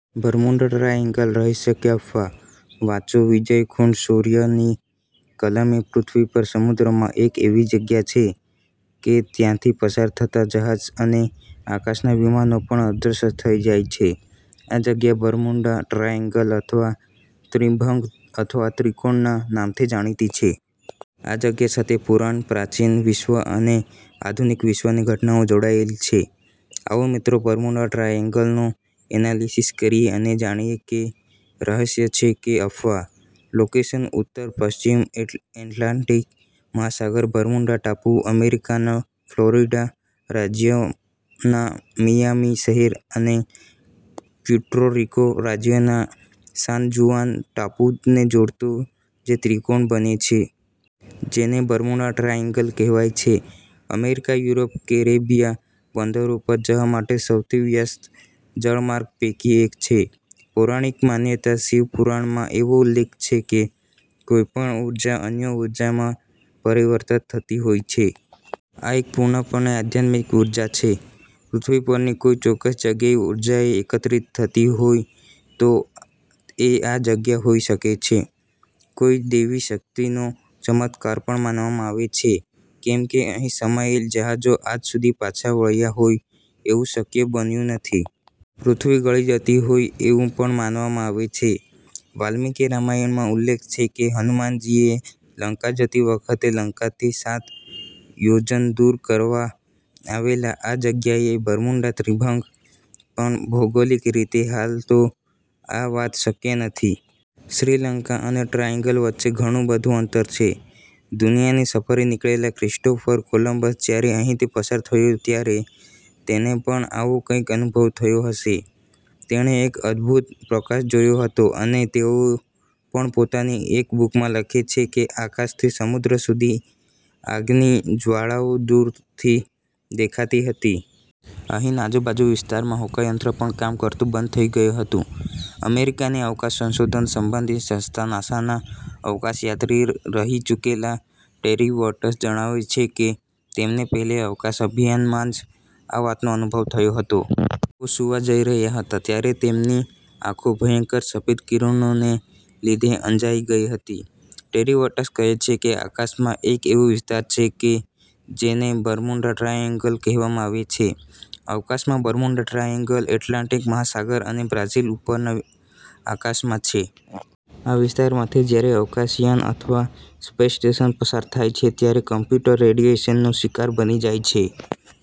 Bermuda triangle રહસ્ય કે અફવા? વાંચો વિજય ખૂંટ "શોર્ય" ની કલમે પૃથ્વી પર સમુદ્રમાં એક એવી જગ્યા છે કે ત્યાથી પસાર થતા જહાજ અને આકાશના વિમાનો પણ અદ્રશ્ય થઇ જાય છે. આ જગ્યા બર્મુડા ટ્રાયેન્ગલ અથવા ત્રિભંગ અથવા ત્રિકોણના નામથી જાણીતી છે. આ જગ્યા સાથે પુરાણ, પ્રાચીન વિશ્વ અને આધુનીક વિશ્વની ઘટનાઓ જોડાયેલ છે. આવો મિત્રો બર્મુડા ટ્રાયેન્ગલનો એનાલીસીસ કરીએ અને જાણીએ કે રહસ્ય છે કે અફવા .લોકેશન ઉત્તર પશ્ચિમ એટલાન્ટીક મહાસાગર બર્મુડા ટાપુ, અમેરીકાના ફ્લોરિડા રાજ્યના મિયામી શહેર અને પ્યુર્ટો રીકો રાજ્યના સાન જુઆન ટાપૂ ને જોડતા જે ત્રીકોણ બને છે. જેને બર્મુડા ટ્રાએન્ગલ કહેવાય છે. અમેરીકા, યુરોપ, કેરેબિયા બંદરો પર જવા માટે સૌથી વ્યસ્ત જળમાર્ગો પેકી એક છે. પૌરાણીક માન્યતા શિવપુરાણમાં એવો ઉલ્લેખ છે કે કોઇ પણ ઉર્જા અન્ય ઉર્જામાં પરિવર્તિત થતી હોય છે. આ એક પુર્ણપણે આધ્યાત્મિક ઉર્જા છે. પૃથ્વી પરની કોઇ ચોક્કસ જગ્યાએ ઉર્જાએ એકત્રિત થતી હોય તો, એ આ જગ્યા હોઇ શકે છે. કોઇ દૈવી શક્તિનો ચમત્કાર પણ માનવામાં આવે છે કેમ કે અહિ સમાયેલા જહાજો આજ સુધી પાછા વળ્યાહોય એવુ શક્ય બન્યુ નથી. પૃથ્વી ગળી જતી હોય એવુ પણ માનવામાં આવે છે. વાલ્મીકી રામાયણમાં ઉલ્લેખ છે કે હનુમાનજીને લંકા જતી વખતે લંકાથી સાત યોજન દુર રોકવામાં આવેલા આ જગ્યાએ બર્મુડા ત્રિભંગ ,પણ ભૌગોલીક રીતે હાલ તો આ વાત શક્ય નથી. શ્રીલંકા અને આ ટ્રાયેન્ગલ વચ્ચે ઘણુ બધુ અંતર છે. દુનિયાની સફરે નિકળેલા ક્રિસ્ટોફર કોલંબસ જ્યારે અહિથી પસાર થયો ત્યારે તેને પણ આવો કઈક અનુભવ થયો હશે. તેણે એક અદ્રભુત પ્રકાશ જોયો હતો અને તેઓ પણ પોતાની એક બુકમાં લખે છે આકાશ થી સમુદ્ર સુધી આગની જવાળાઓ દુરથી દેખાતી હતી. અહિના આજુબાજુના વિસ્તારોમાં હોકાયંત્ર પણ કામ કરતુ બંધ થઇ ગયુ હતુ. અમેરીકાની અવકાશ સંશોધન સંબંધિત સંસ્થા નાસાના અવકાશયાત્રી રહિ ચુકેલા ટેરી વર્ટસ જણાવે છે કે તેમને પહેલ અવકાશ અભિયાનમાં જ આ વાતનો અનુભવ થયો હતો. તેઓ સુવા જઈ રહ્યા હતા. ત્યારે તેમની આંખો ભયંકર સફેદ કિરણોને લીધે અંજાઇ ગઇ હતી. ટેરી વર્ટસ કહે છે કે આકાશમાં એક એવો વિસ્તાર છે કે, જેને બર્મુડા ટ્રાઇએન્ગલ કહેવામાં આવે છે. અવકાશમાં બર્મુડા ટ્રાઇએન્ગલ એટલાન્ટિક મહાસાગર અને બ્રાઝીલ ઉપરના આકાશમાં છે. આ વિસ્તારમાંથી જ્યારે અવકાશયાન અથવા સ્પેશ સ્ટેશન પસાર થાય છે. ત્યારે કમ્પ્યુટર રેડિએશનનો શિકાર બની જાય છે.